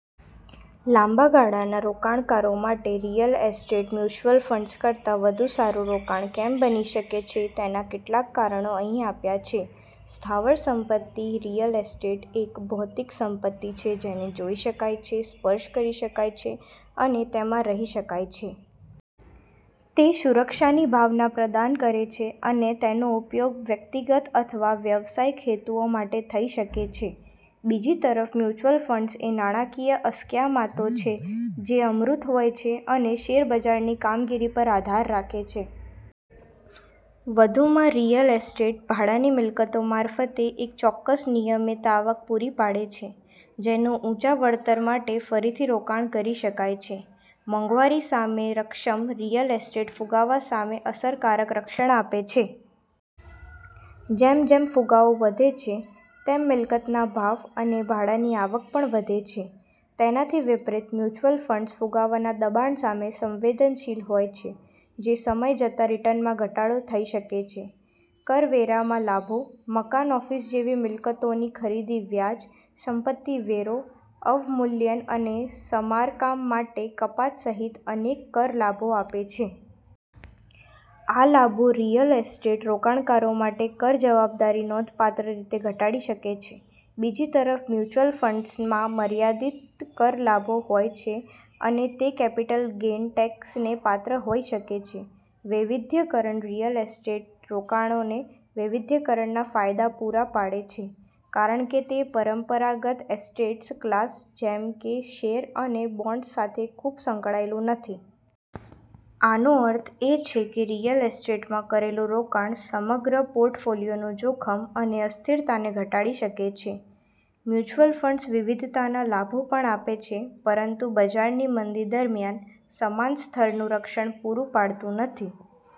લાંબા ગાળાના રોકાણકારો માટે રિયલ એસ્ટેટ મ્યુચ્યુઅલ ફંડ્સ કરતાં વધુ સારું રોકાણ કેમ બની શકે છે તેનાં કેટલાક કારણો અહીં આપ્યાં છે: સ્થાવર સંપત્તિ: રિયલ એસ્ટેટ એ એક ભૌતિક સંપત્તિ છે જેને જોઈ શકાય છે, સ્પર્શ કરી શકાય છે અને તેમાં રહી શકાય છે. તે સુરક્ષાની ભાવના પ્રદાન કરે છે અને તેનો ઉપયોગ વ્યક્તિગત અથવા વ્યવસાયિક હેતુઓ માટે થઈ શકે છે. બીજી તરફ, મ્યુચ્યુઅલ ફંડ એ નાણાકીય અસ્કયામતો છે જે અમૂર્ત હોય છે અને શેરબજારની કામગીરી પર આધાર રાખે છે. વધુમાં, રિયલ એસ્ટેટ ભાડાની મિલકતો મારફતે એક ચોક્કસ નિયમિત આવક પુરી પાડે છે, જેનું ઉંચા વળતર માટે ફરીથી રોકાણ કરી શકાય છે. મોંઘવારી સામે રક્ષમ: રિયલ એસ્ટેટ ફુગાવા સામે અસરકારક રક્ષણ આપે છે. જેમ જેમ ફુગાવો વધે છે, તેમ મિલકતના ભાવ અને ભાડાની આવક પણ વધે છે. તેનાથી વિપરીત, મ્યુચ્યુઅલ ફંડ્સ ફુગાવાના દબાણ સામે સંવેદનશીલ હોય છે, જે સમય જતાં રિટર્નમાં ઘટાડો થઇ શકે છે. કરવેરામાં લાભો: મકાન-ઓફિસ જેવી મિલકતોની ખરીદી વ્યાજ, સંપતિ વેરો, અવમૂલ્યન અને સમારકામ માટે કપાત સહિત અનેક કર લાભો આપે છે. આ લાભો રિયલ એસ્ટેટ રોકાણકારો માટે કર જવાબદારી નોંધપાત્ર રીતે ઘટાડી શકે છે. બીજી તરફ, મ્યુચ્યુઅલ ફંડમાં મર્યાદિત કર લાભો હોય છે અને તે કેપિટલ ગેઈન ટેક્સને પાત્ર હોઈ શકે છે. વૈવિધ્યકરણ: રિયલ એસ્ટેટ રોકાણકારોને વૈવિધ્યકરણના ફાયદા પૂરા પાડે છે, કારણ કે તે પરંપરાગત એસેટ્સ ક્લાસ જેમ કે શેર અને બોન્ડ્સ સાથે ખૂબ સંકળાયેલું નથી. આનો અર્થ એ છે કે રિયલ એસ્ટેટમાં કરેલું રોકાણ સમગ્ર પોર્ટફોલિયોનું જોખમ અને અસ્થિરતાને ઘટાડી શકે છે. મ્યુચ્યુઅલ ફંડ વિવિધતાના લાભો પણ આપે છે, પરંતુ બજારની મંદી દરમિયાન સમાન સ્તરનું રક્ષણ પૂરું પાડતું નથી.